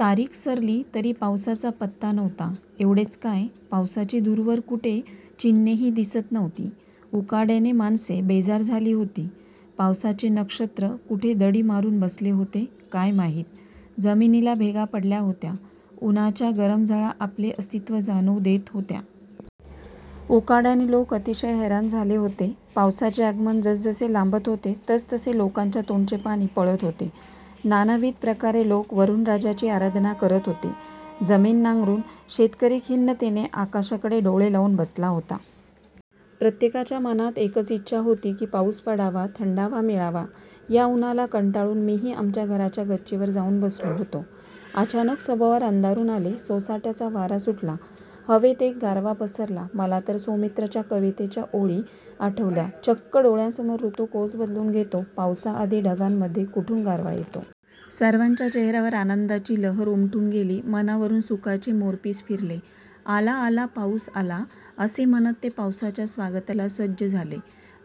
तारीख सरली, तरी पावसाचा पत्ता नव्हता. एवढेच काय! पावसाची दूरवर कुठे चिन्हेही दिसत नव्हती. उकाड्याने माणसे बेजार झाली होती. पावसाचे नक्षत्र कुठे दडी मारून बसले होते काय माहीत? जमिनीला भेगा पडल्या होत्या. उन्हाच्या गरम झळा आपले अस्तित्व जाणवून देत होत्या. उकाड्याने लोक अतिशय हैराण झाले होते. पावसाचे आगमन जसजसे लांबत होते, तसतसे लोकांच्या तोंडचे पाणी पळत होते. नानाविध प्रकारे लोक वरुणराजाची आराधना करत होते. जमीन नांगरून शेतकरी खिन्नतेने आकाशाकडे डोळे लावून बसला होता. प्रत्येकाच्या मनात एकच इच्छा होती की पाऊस पडावा, थंडावा मिळावा. या उन्हाला कंटाळून मीही आमच्या घराच्या गच्चीवर जाऊन बसलो होतो. अचानक सभोवार अंधारून आले. सोसाट्याचा वारा सुटला. हवेत एक गारवा पसरला. मला तर सौमित्रच्या कवितेच्या ओळी आठवल्या, चक्क डोळ्यांसमोर ऋतु कोस बदलून घेतो, पावसा आधी ढगांमध्ये कुठून गारवा येतो? सर्वांच्या चेहऱ्यावर आनंदाची लहर उमटून गेली. मनावरून सुखाचे मोरपीस फिरले. 'आला, आला, पाऊस आला! ' असे म्हणत ते पावसाच्या स्वागताला सज्ज झाले.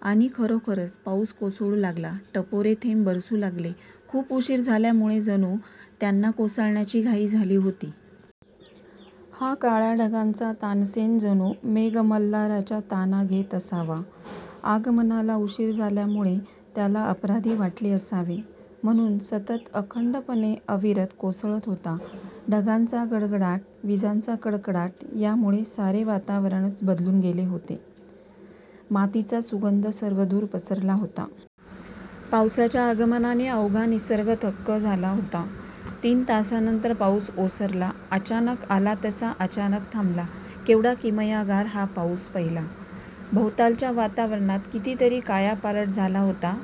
आणि खरोखरच पाऊस कोसळू लागला. टपोरे थेंब बरसू लागले. खूप उशीर झाल्यामुळे जणू त्यांना कोसळण्याची घाई झाली होती. हा काळ्या ढगांचा तानसेन जणू मेघमल्हाराच्या ताना घेत असावा. आगमनाला उशीर झाल्यामुळे त्याला अपराधी वाटले असावे, म्हणून सतत अखंडपणे अविरत कोसळत होता. ढगांचा गडगडाट, विजांचा कडकडाट यामुळे सारे वातावरणच बदलून गेले. मातीचा सुगंध सर्वदूर पसरला होता. पावसाच्या आगमनाने अवघा निसर्ग थक्क झाला होता. तीन तासांनंतर पाऊस ओसरला. अचानक आला तसा अचानक थांबला. केवढा किमयागार हा पहिला पाऊस! भोवतालच्या वातावरणात कितीतरी कायापालट झाला होता.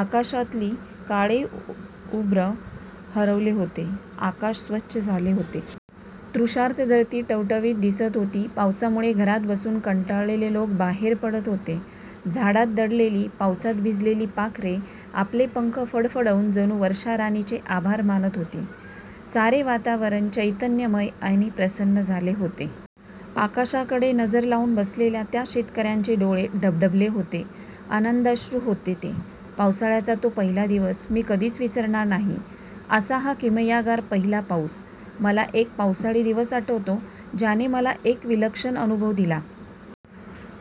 आकाशातील काळे अभ्र हरवले होते. आकाश स्वच्छ झाले होते. तृषार्त धरती टवटवीत दिसत होती. पावसामुळे घरात बसून कंटाळलेले लोक बाहेर पडत होते. झाडात दडलेली, पावसात भिजलेली पाखरे आपले पंख फडफडवून जणू वर्षाराणीचे आभार मानत होती. सारे वातावरण चैतन्यमय आणि प्रसन्न झाले होते. आकाशाकडे नजर लावून बसलेल्या त्या शेतकऱ्यांचे डोळे डबडबले होते. आनंदाश्रू होते ते! पावसाळ्याचा तो पहिला दिवस मी कधीच विसरणार नाही. असा हा किमयागार पहिला पाऊस! मला एक पावसाळी दिवस आठवतो ज्याने मला एक विलक्षण अनुभव दिला.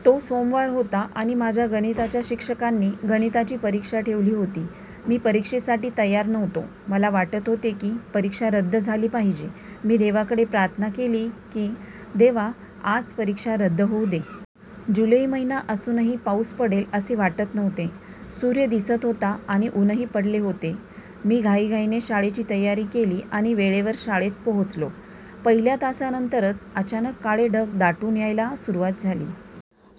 तो सोमवार होता आणि माझ्या गणिताच्या शिक्षकांनी गणिताची परीक्षा ठेवली होती. मी परीक्षेसाठी तयार नव्हतो. मला वाटत होते की परीक्षा रद्द झाली पाहिजे. मी देवाकडे प्रार्थना केली की, 'देवा, आज परीक्षा रद्द होऊदे. ' जुलै महिना असूनही पाऊस पडेल असे वाटत नव्हते. सूर्य दिसत होता आणि ऊनही पडले होते. मी घाईघाईने शाळेची तयारी केली आणि वेळेवर शाळेत पोहोचलो. पहिल्या तासानंतरच अचानक काळे ढग दाटून यायला सुरुवात झाली.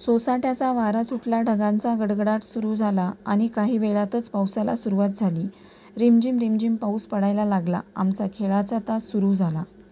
सोसाट्याचा वारा सुटला. ढगांचा गडगडाट सुरू झाला. आणि काही वेळातच पावसाला सुरुवात झाली. रिमझिम रिमझिम पाऊस पडायला लागला. आमचा खेळाचा तास सुरू झाला.